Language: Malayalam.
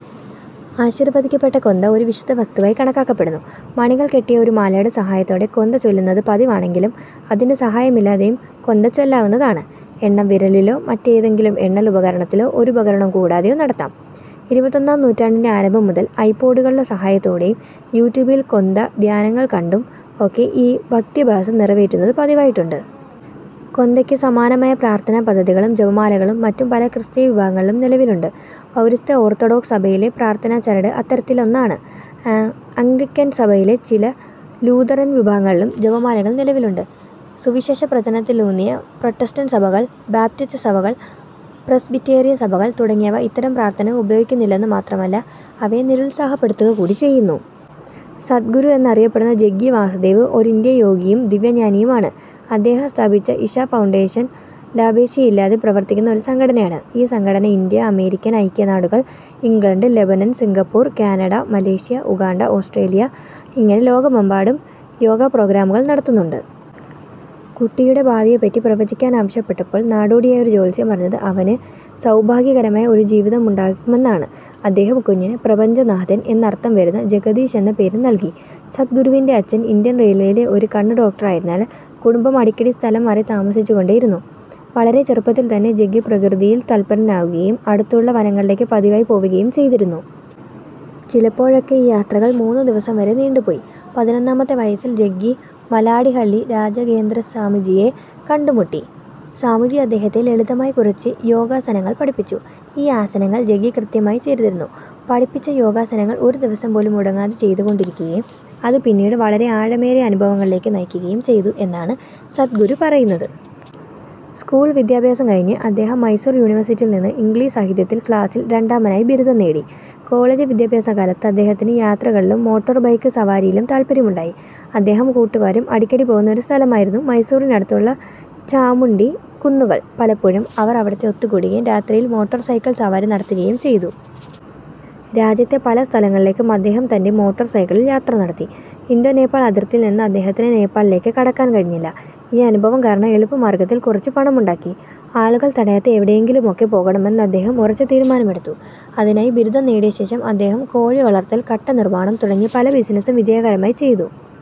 ആശീർവദിക്കപ്പെട്ട കൊന്ത ഒരു വിശുദ്ധവസ്തുവായി കണക്കാക്കപ്പെടുന്നു. മണികൾ കെട്ടിയ ഒരു മാലയുടെ സഹായത്തോടെ കൊന്ത ചൊല്ലുന്നത് പതിവാണെങ്കിലും അതിന്റെ സഹായമില്ലാതെയും കൊന്ത ചൊല്ലാവുന്നതാണ്. എണ്ണം വിരലിലോ, മറ്റേതെങ്കിലും എണ്ണൽ ഉപകരണത്തിലോ ഒരുപകരണവും കൂടാതെയോ നടത്താം. ഇരുപത്തൊന്നാം നൂറ്റാണ്ടിന്റെ ആരംഭം മുതൽ ഐ-പോഡുകളുടെ സഹായത്തോടെയും, യു-ട്യൂബിൽ കൊന്ത ധ്യാനങ്ങൾ കണ്ടും ഒക്കെ ഈ ഭക്ത്യഭ്യാസം നിറവേറ്റുന്നത് പതിവായിട്ടുണ്ട്. കൊന്തയ്ക്ക് സമാനമായ പ്രാർത്ഥനാപദ്ധതികളും ജപമാലകളും മറ്റു പല ക്രിസ്തീയ വിഭാഗങ്ങളിലും നിലവിലുണ്ട്. പൗരസ്ത്യ ഓർത്തഡോക്സ് സഭയിലെ പ്രാർത്ഥനച്ചരട് അത്തരത്തിലൊന്നാണ്. അംഗ്ലിക്കൻ സഭയിലും ചില ലൂഥറൻ വിഭാഗങ്ങളിലും ജപമാലകൾ നിലവിലുണ്ട്. സുവിശേഷപ്രചരണത്തിലൂന്നിയ പ്രൊട്ടസ്റ്റന്റ് സഭകൾ, ബാപ്റ്റിസ്റ്റ് സഭകൾ, പ്രെസ്ബിറ്റേറിയൻ സഭകൾ തുടങ്ങിയവ ഇത്തരം പ്രാർത്ഥനകൾ ഉപയോഗിക്കുന്നില്ലെന്നു മാത്രമല്ല അവയെ നിരുത്സാഹപ്പെടുത്തുക കൂടി ചെയ്യുന്നു. സദ്ഗുരു എന്നറിയപ്പെടുന്ന ജഗ്ഗി വാസുദേവ്, ഒരു ഇന്ത്യൻ യോഗിയും ദിവ്യജ്ഞാനിയുമാണ്. അദ്ദേഹം സ്ഥാപിച്ച ഇഷാ ഫൗണ്ടേഷൻ ലാഭേച്ഛയില്ലാതെ പ്രവർത്തിക്കുന്ന ഒരു സംഘടനയാണ്. ഈ സംഘടന ഇന്ത്യ, അമേരിക്കൻ ഐക്യനാടുകൾ, England, Lebanon, Singapore, Canada, Malaysia, Uganda, Australia, ഇങ്ങനെ ലോകമെമ്പാടും യോഗാ പ്രോഗ്രാമുകൾ നടത്തുന്നുണ്ട്. കുട്ടിയുടെ ഭാവിയെപ്പറ്റി പ്രവചിക്കാനാവശ്യപ്പെട്ടപ്പോൾ നാടോടിയായ ഒരു ജ്യോത്സ്യൻ പറഞ്ഞത് അവനു സൗഭാഗ്യകരമായ ഒരു ജീവിതമുണ്ടാകുമെന്നാണ്. അദ്ദേഹം, കുഞ്ഞിന് 'പ്രപഞ്ചനാഥൻ' എന്നർത്ഥം വരുന്ന 'ജഗദീശ്' എന്ന് പേരും നല്കി. സദ്ഗുരുവിന്റെ അച്ഛൻ ഇന്ത്യൻറെയിൽവേയിലെ ഒരു കണ്ണ് ഡോക്ടറായിരുന്നതിനാൽ കുടുംബം അടിക്കടി സ്ഥലം മാറി താമസിച്ചു കൊണ്ടിരുന്നു. വളരെ ചെറുപ്പത്തിൽത്തന്നെ ജഗ്ഗി പ്രകൃതിയിൽ തല്പരനാകുകയും അടുത്തുള്ള വനങ്ങളിലേക്ക് പതിവായി പോകുകയും ചെയ്തിരുന്നു. ചിലപ്പോഴൊക്കെ ഈ യാത്രകൾ മൂന്നു ദിവസം വരെ നീണ്ടു പോയി. പതിനൊന്നാമത്തെ വയസ്സിൽ ജഗ്ഗി മലാഡിഹള്ളി രാഘവേന്ദ്രസ്വാമിജിയെ കണ്ടുമുട്ടി. സ്വാമിജി അദ്ദേഹത്തെ ലളിതമായ കുറച്ചു യോഗാസനങ്ങൾ പഠിപ്പിച്ചു. ഈ ആസനങ്ങൾ ജഗ്ഗി കൃത്യമായി ചെയ്തിരുന്നു. പഠിച്ച യോഗാസനങ്ങൾ ഒരു ദിവസം പോലും മുടങ്ങാതെ ചെയ്തുകൊണ്ടിരിക്കയും, അതു പിന്നീട് വളരെ ആഴമേറിയ അനുഭവങ്ങളിലേക്കു നയിക്കുകയും ചെയ്തു എന്നാണ് സദ്ഗുരു പറയുന്നത്. സ്കൂൾ വിദ്യാഭ്യാസം കഴിഞ്ഞ് അദ്ദേഹം മൈസൂർ യൂണിവേഴ്സിറ്റിയിൽ നിന്ന് ഇംഗ്ളീഷ് സാഹിത്യത്തിൽ ക്ലാസ്സിൽ രണ്ടാമനായി ബിരുദം നേടി. കോളേജ് വിദ്യാഭ്യാസകാലത്ത് അദ്ദേഹത്തിന് യാത്രകളിലും മോട്ടോർ ബൈക്ക് സവാരിയിലും താത്പര്യമുണ്ടായി. അദ്ദേഹവും കൂട്ടുകാരും അടിക്കടി പോകുന്ന ഒരു സ്ഥലമായിരുന്നു മൈസൂറിനടുത്തുള്ള ചാമുണ്ഡിക്കുന്നുകൾ. പലപ്പോഴും അവർ അവിടെ ഒത്തുകൂടുകയും രാത്രിയിൽ മോട്ടോർ സൈക്കിൾ സവാരി നടത്തുകയും ചെയ്തു. രാജ്യത്തെ പല സ്ഥലങ്ങളിലേക്കും അദ്ദേഹം തന്റെ മോട്ടോർ സൈക്കിളിൽ യാത്ര നടത്തി. ഇന്തോ നേപ്പാൾ അതിർത്തിയിൽ നിന്ന് അദ്ദേഹത്തിന് നേപ്പാളിലേക്കു കടക്കാൻ കഴിഞ്ഞില്ല. ഈ അനുഭവം കാരണം എളുപ്പമാർഗ്ഗത്തിൽ കുറച്ചു പണമുണ്ടാക്കി, ആളുകൾ തടയാത്ത എവിടെയെങ്കിലുമൊക്കെ പോകണമെന്ന് അദ്ദേഹം ഉറച്ച തീരുമാനമെടുത്തു. അതിനായി, ബിരുദം നേടിയ ശേഷം, അദ്ദേഹം കോഴി വളർത്തൽ, കട്ടനിർമ്മാണം, തുടങ്ങി പല ബിസിനസ്സും വിജയകരമായി ചെയ്തു.